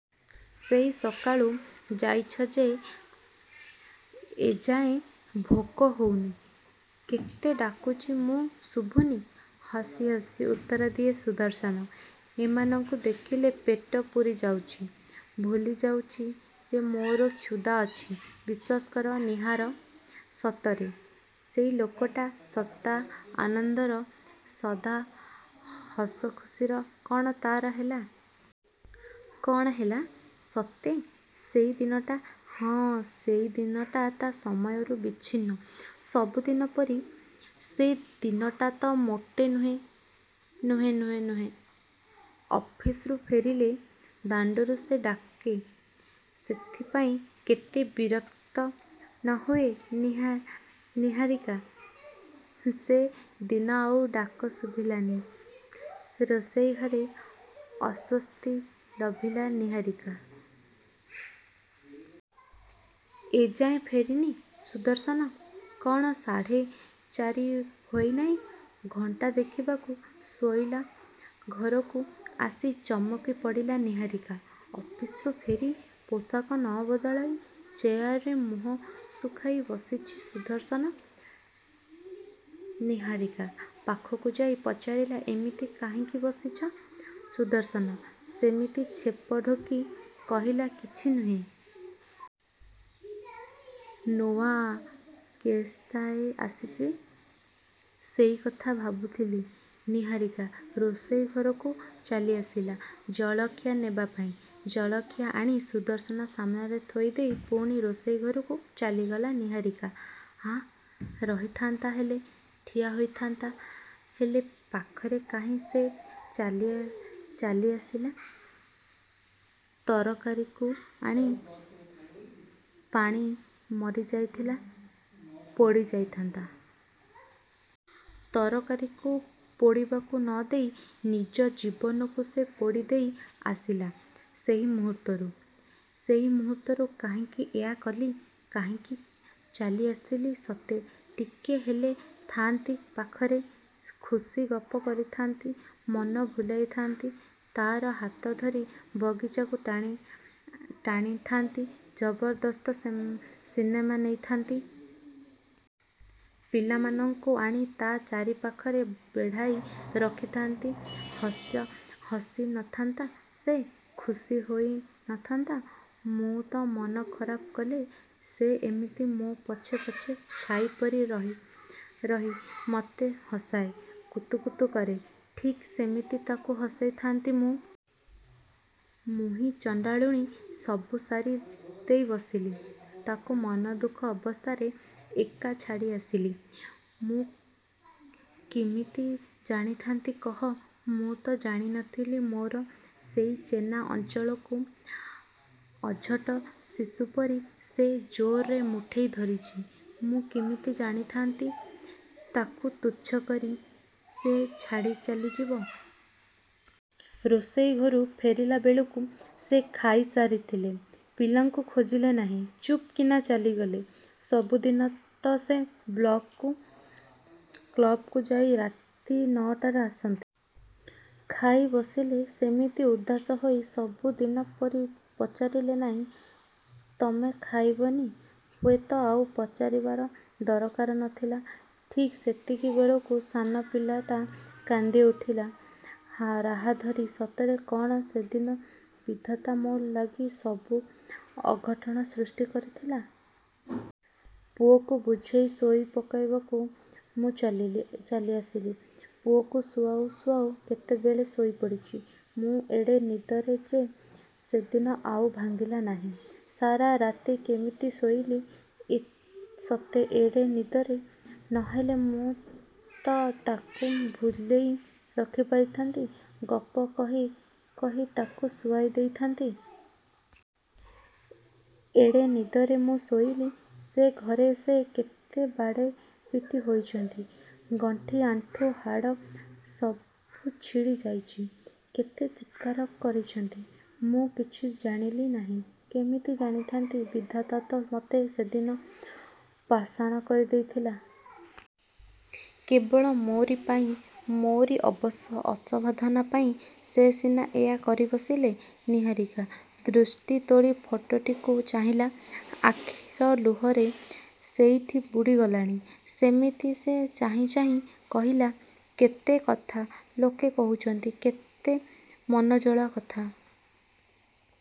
ସେଇ ସକାଳୁ ଯାଇଛ ଯେ ଏ ଯାଏଁ ଭୋକ ହଉନି? କେତେ ଡାକୁଚି ମୁଁ, ଶୁଭୁନି? ହସି ହସି ଉତ୍ତର ଦିଏ ସୁଦର୍ଶନ, ଏମାନଙ୍କୁ ଦେଖିଲେ ପେଟ ପୂରିଯାଉଚି, ଭୁଲିଯାଉଚି ଯେ ମୋର କ୍ଷୁଧା ଅଛି, ବିଶ୍ୱାସ କର ନିହାର, ସତରେ! ସେଇ ଲୋକଟା, ସଦା ଆନନ୍ଦର, ସଦା ହସଖୁସୀର, କ'ଣ ତା'ର ହେଲା? କ'ଣ ହେଲା ସତେ? ସେଇ ଦିନଟା…. ହଁ, ସେଇ ଦିନଟା ତା ସମୟରୁ ବିଚ୍ଛନ୍ନ, ସବୁଦିନ ପରି ସେ ଦିନଟା ତ ମୋଟେ ନୁହେଁ, ନୁହେଁ, ନୁହେଁ। ଅଫିସରୁ ଫେରିଲେ ଦାଣ୍ଡରୁ ସେ ଡାକେ। ସେଥିପାଇଁ କେତେ ବିରକ୍ତ ନ ହୁଏ ନିହାରିକା? ସେ ଦିନ ଆଉ ଡାକ ଶୁଭିଲାନି, ରୋଷେଇ ଘରେ, ଅଶ୍ଵସ୍ତି ଲଭିଲା ନିହାରିକା। ଏ ଯାଁ ଫେରିନି ସୁଦର୍ଶନ? କ'ଣ ସାଢ଼େଚାରି ହୋଇ ନାହିଁ? ଘଣ୍ଟା ଦେଖିବାକୁ ଶୋଇଲା ଘରକୁ ଆସି ଚମକିପଡ଼ିଲା ନିହାରିକା। ଅଫିସରୁ ଫେରି ପୋଷାକ ନ ବଦଳାଇ, ଚେଆରରେ ମୁହଁ ଶୁଖାଇ ବସିଚି ସୁଦର୍ଶନ। ନିହାରିକା ପାଖକୁ ଯାଇ ପଚାରିଲା, ଏମିତି କାହିଁକି ବସିଛ? ସୁଦର୍ଶନ ସେମିତି ଛେପ ଢୋକି କହିଲା–କିଛି ନୁହଁ। ନୂଆ କେଶ୍ଟାଏ ଆସିଚି, ସେଇ କଥା ଭାବୁଥିଲି। ନିହାରିକା ରୋଷେଇଘରକୁ ଚାଲିଆସିଲା ଜଳଖିଆ ନେବା ପାଇଁ। ଜଳଖିଆ ଆଣି ସୁଦର୍ଶନ ସାମ୍ନାରେ ଥୋଇଦେଇ ପୁଣି ରୋଷେଇଘରକୁ ଚାଲିଗଲା ନିହାରିକା। ଆଃ! ରହିଥାନ୍ତା ହେଲେ! ଠିଆ ହୋଇଥାନ୍ତା ହେଲେ ପାଖରେ, କାହିଁକି ସେ ଚାଲିଆସିଲା? ତରକାରିକୁ ପାଣି ମରିଯାଇଥିଲା, ପୋଡ଼ି ଯାଇଥାନ୍ତା। ତରକାରିକୁ ପୋଡ଼ିବାକୁ ନ ଦେଇ ନିଜ ଜୀବନକୁ ସେ ପୋଡ଼ି ଦେଇ ଆସିଲା ସେଇ ମୁହୂର୍ତ୍ତରୁ… ସେଇ ମୁହୂର୍ତ୍ତରୁ… କାହିଁକି ୟା କଲି! କାହିଁକି ଚାଲି ଆସିଲି ସତେ-! ଟିକେ ହେଲେ ଥାଆନ୍ତି ପାଖରେ। ଖୁସୀ ଗପ କରିଥାନ୍ତି। ମନ ଭୁଲାଇଥାନ୍ତି ତାର। ହାତ ଧରି ବଗିଚାକୁ ଟାଣିଥାନ୍ତି, ଜବରଦସ୍ତ ସିନେମା ନେଇଥାନ୍ତି। ପିଲାମାନଙ୍କୁ ଆଣି ତା' ଚାରିପାଖରେ ବେଢ଼ାଇ ରଖିଥାନ୍ତି। ହସି ନ ଥାନ୍ତା ସେ? ଖୁସୀ ହୋଇ ନ ଥାନ୍ତା? ମୁଁ ତ ମନ ଖରାପ କଲେ ସେ ଏମିତି ମୋ' ପଛେ ପଛେ ଛାଇ ପରି ରହି ମତେ ହସାଏ, କୁତୁକୁତୁ କରେ। ଠିକ୍ ସେମିତି ତାକୁ ହସେଇଥାନ୍ତି ମୁଁ। ମୁହିଁ ଚଣ୍ଡାଳୁଣୀ ସବୁ ସାରି ଦେଇ ବସିଲି। ତାକୁ ମନଦୁଃଖ ଅବସ୍ଥାରେ ଏକା ଛାଡ଼ି ଆସିଲି। ମୁଁ କିମିତି ଜାଣନ୍ତି କହ? ମୁଁ ତ ଜାଣିଥିଲି ମୋର ସେଇ ଚେନାଏ ଅଞ୍ଚଳକୁ ଅଝଟ ଶିଶୁପରି ସେ ଜୋରରେ ମୁଠେଇ ଧରିଚି। ମୁଁ କିମିତି ଜାଣନ୍ତି ତାକୁ ତୁଚ୍ଛ କରି ସେ ଛାଡ଼ି ଚାଲିଯିବ! ରୋଷେଇଘରୁ ଫେରିଲାବେଳକୁ ସେ ଖାଇ ସାରିଥିଲେ। ପିଲାଙ୍କୁ ଖୋଜିଲେ ନାହିଁ। ଚୁପ୍କିନା ଚାଲିଗଲେ। ସବୁଦିନ ତ ସେ କ୍ଳବକୁ ଯାଇ ରାତି ନଅଟାରେ ଆସନ୍ତି। ଆଜି କ୍ଳବକୁ ଗଲେ କି କୁଆଡ଼େ ଗଲେ, ମୁଁ ବା ପଚାରନ୍ତି କାହିଁକି? ଠିକ୍ ସମୟରେ ଫେରିଲେ। ଖାଇବାକୁ ଦେଲି। ଖାଇ ବସିଲେ ସେମିତି ଉଦାସ ହୋଇ। ସବୁଦିନ ପରି ପଚାରିଲେ ନାଇଁ, ତମେ ଖାଇବ ନି? ହୁଏ ତ ଆଉ ପଚାରିବା ଦରକାର ନ ଥିଲା। ଠିକ୍ ସେତିକିବେଳକୁ ସାନ ପିଲାଟା କାନ୍ଦି ଉଠିଲା ରାହାଧରି ସତରେ କ'ଣ ସେ ଦିନ ବିଧାତା ମୋ' ଲାଗି ସବୁ ଅଘଟଣ ସୃଷ୍ଟି କରିଥିଲା? ପୁଅକୁ ବୁଝେଇ ଶୋଇ ପକାଇବାକୁ ମୁଁ ଚାଲି ଆସିଲି। ପୁଅକୁ ଶୁଆଉ ଶୁଆଉ କେତେବେଳେ ଶୋଇପଡ଼ିଚି ମୁଁ ଏଡ଼େ ନିଦରେ ଯେ ସେ ନିଦ ଆଉ ଭାଙ୍ଗିଲା ନାହିଁ….। ସାରା ରାତି କେମିତି ଶୋଇଲି ସତେ ଏଡ଼େ ନିଦରେ? ନ ହେଲେ ମୁଁ ତ ତାକୁ ଭୁଲେଇ ରଖିପାରିଥାନ୍ତି; ଗପ କହି କହି ତାକୁ ଶୁଆଇ ଦେଇଥାନ୍ତି। ଏଡ଼େ ନିଦରେ ମୁଁ ଶୋଇଲି। ସେ ଘରେ ସେ କେତେ ବାଡ଼େ ପିଟି ହୋଇଚନ୍ତି। ଗଣ୍ଠି ଆଣ୍ଠୁ ହାଡ଼ ସବୁ ଛିଡ଼ି ଯାଇଛି। କେତେ ଚିତ୍କାର କରିଚନ୍ତି। ମୁଁ କିଛି ଜାଣିଲି ନାହିଁ କେମିତି ଜାଣନ୍ତି? ବିଧାତା ତ ମତେ ସେଦିନ ପାଷାଣ କରି ଦେଇଥିଲା। କେବଳ ମୋରି ପାଇଁ, ମୋ'ରି ଅସାବଧାନତା ପାଇଁ ସେ ସିନା ୟା କରି ବସିଲେ…! ନିହାରିକା ଦୃଷ୍ଟି ତୋଳି ଫଟୋଟିକୁ ଚାହିଁଲା। ଆଖିର ଲୁହରେ ସେଇଠି ବୁଡ଼ିଗଲାଣି। ସେମିତି ସେ ଚାହିଁ ଚାହିଁ କହିଲା, "କେତେ କଥା ଲୋକେ କହୁଛନ୍ତି, କେତେ ମନଜଳା କଥା।